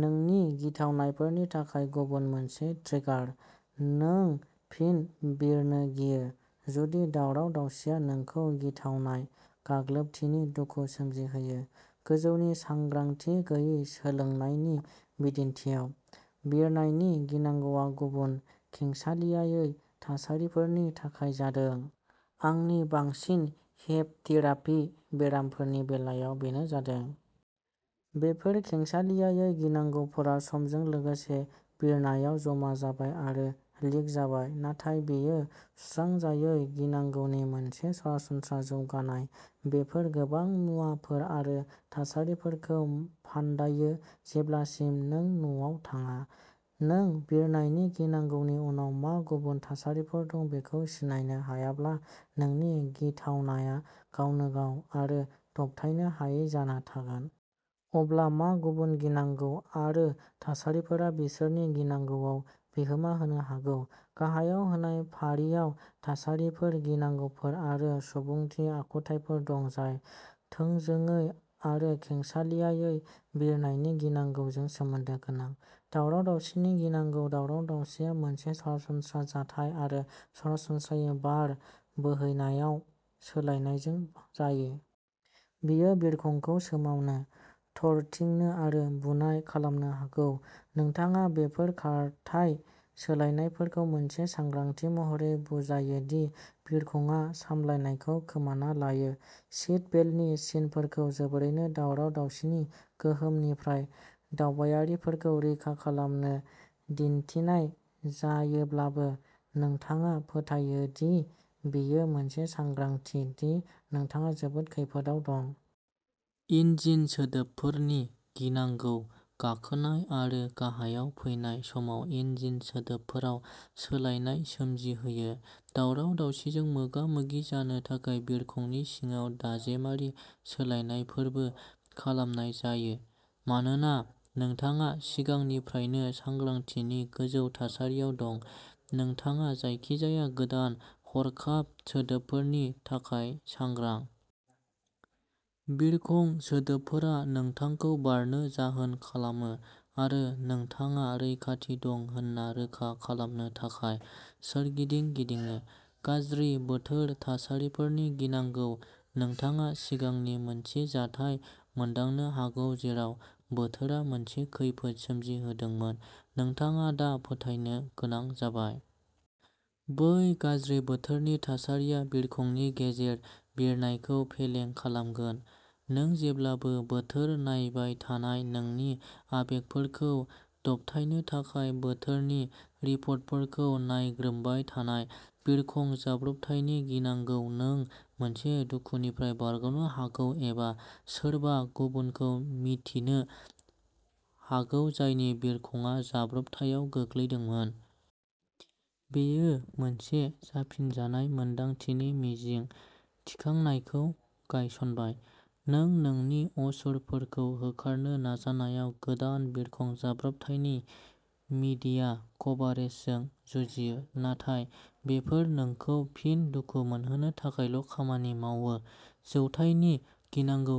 नोंनि गिथावनायफोरनि थाखाय गुबुन मोनसे ट्रिगार। नों फिन बिरनो गियो, जुदि दावराव-दावसिया नोंखौ गिथावनाय गाग्लोबथिनि दुखु सोमजिहोयो। गोजौनि सांग्रांथि गैयै सोलोंनायनि बिदिन्थिआव, बिरनायनि गिनांगौआ गुबुन खेंसालियायै थासारिफोरनि थाखाय जादों। आंनि बांसिन हिप्नथेरापि बेरामिफोरनि बेलायाव बेनो जादों। बेफोर खेंसालियायै गिनांगौफोरा समजों लोगोसे बिरनायाव जमा जाबाय आरो लिक जाबाय। नाथाय बेयो सुस्रांजायै गिनांगौनि मोनसे सरासनस्रा जौगानाय बेफोर गोबां मुवाफोर आरो थासारिफोरखौ फान्दायो जेब्लासिम नों न'आव थाङा। नों बिरनायनि गिनांगौनि उनाव मा गुबुन थासारिफोर दं बेखौ सिनायनो हायाब्ला, नोंनि गिथावनाया गावनो गाव आरो दबथायनो हायै जाना थागोन। अब्ला मा गुबुन गिनांगौ आरो थासारिफोरा बिरनायनि गिनांगौआव बिहोमा होनो हागौ? गाहायाव होनाय फारियाव थासारिफोर, गिनांगौफोर आरो सुबुंथि आखुथायफोर दं जाय थोंजोङै आरो खेंसालियायै बिरनायनि गिनांगौजों सोमोन्दो गोनां। दावराव-दावसिनि गिनांगौ दावराव-दावसिआ मोनसे सरासनस्रा जाथाय आरो सरासनस्रायै बार बोहैनायाव सोलायनायजों जायो। बेयो बिरखंखौ सोमावनो, थरथिंनो आरो बुनाय खालामनो हागौ। नोंथाङा बेफोर खारथाइ सोलायनायफोरखौ मोनसे सांग्रांथि महरै बुजायो दि बिरखंआ सामलायनायखौ खोमाना लादों। सीट बेल्टनि सिनफोरखौ जोबोरैनो दावराव-दावसिनि गोहोमनिफ्राय दावबायारिफोरखौ रैखा खालामनो दिन्थिनाय जायोब्लाबो, नोंथाङा फोथायो दि बेयो मोनसे सांग्रांथि दि नोंथाङा जोबोद खैफोदाव दं। इन्जिन सोदोबफोरनि गिनांगौ गाखोनाय आरो गाहायाव फैनाय समाव इन्जिन सोदोबफोराव सोलायनाय सोमजिहोयो। दावराव-दावसिजों मोगा-मोगि जानो थाखाय बिरखंनि सिङाव दाजेमारि सोलायनायफोरबो खालामनाय जायो। मानोना नोंथाङा सिगांनिफ्रायनो सांग्रांथिनि गोजौ थासारियाव दं, नोंथाङा जायखिजाया गोदान हरखाब सोदोबफोरनि थाखाय सांग्रां। बिरखं सोदोबफोरा नोंथांखौ बारनो जाहोन खालामो आरो नोंथाङा रैखाथि दं होन्ना रोखा खालामनो थाखाय सोरगिदिं गिदिङो। गाज्रि बोथोर थासारिफोरनि गिनांगौ नोंथाङा सिगांनि मोनसे जाथाय मोनदांनो हागौ जेराव बोथोरा मोनसे खैफोद सोमजिहोदोंमोन। नोंथाङा दा फोथायनो गोनां जाबाय। बै गाज्रि बोथोरनि थासारिया बिरखंनि गेजेर बिरनायखौ फेलें खालामगोन। नों जेब्लाबो बोथोर नायबाय थानाय नोंनि आबेगफोरखौ दबथायनो थाखाय बोथोरनि रिपर्टफोरखौ नायग्रोमबाय थानाय। बिरखं जाब्रबथायनि गिनांगौ नों मोनसे दुखुनिफ्राय बारग'नो हागौ एबा सोरबा गुबुनखौ मिन्थिनो हागौ जायनि बिरखंआ जाब्रबथायाव गोग्लैदोंमोन। बेयो मोनसे जाफिनजानाय मोन्दांथिनि मिजिं थिखांनायखौ गायसनबाय। नों नोंनि असुरफोरखौ होखारनो नाजानायाव गोदान बिरखं जाब्रबथायनि मीडिया कभारेजजों जुजियो, नाथाय बेफोरो नोंखौ फिन दुखु मोनहोनो थाखायल' खामानि मावो। जौथायनि गिनांगौ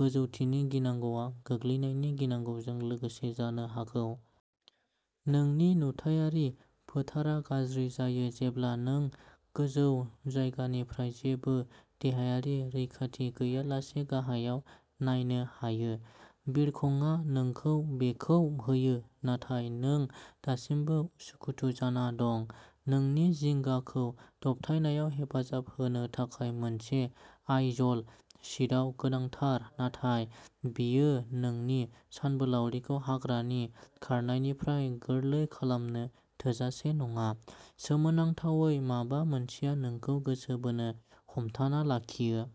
गोजौथिनि गिनांगौआ गोग्लैनायनि गिनांगौजों लोगोसे जानो हागौ। नोंनि नुथायारि फोथारआ गाज्रि जायो जेब्ला नों गोजौ जायगानिफ्राय जेबो देहायारि रैखाथि गैयालासे गाहायाव नायनो हायो। बिरखंआ नोंखौ बेखौ होयो, नाथाय नों दासिमबो उसुखुथु जाना दं। नोंनि जिंगाखौ दबथायनायाव हेफाजाब होनो थाखाय मोनसे आइजल सिटआ गोनांथार, नाथाय बेयो नोंनि सानबोलावरिखौ हाग्रानि खारनायनिफ्राय गोरलै खालामनो थोजासे नङा। सोमोनांथावै, माबा मोनसेया नोंखौ गोसो बोनो हमथाना लाखियो।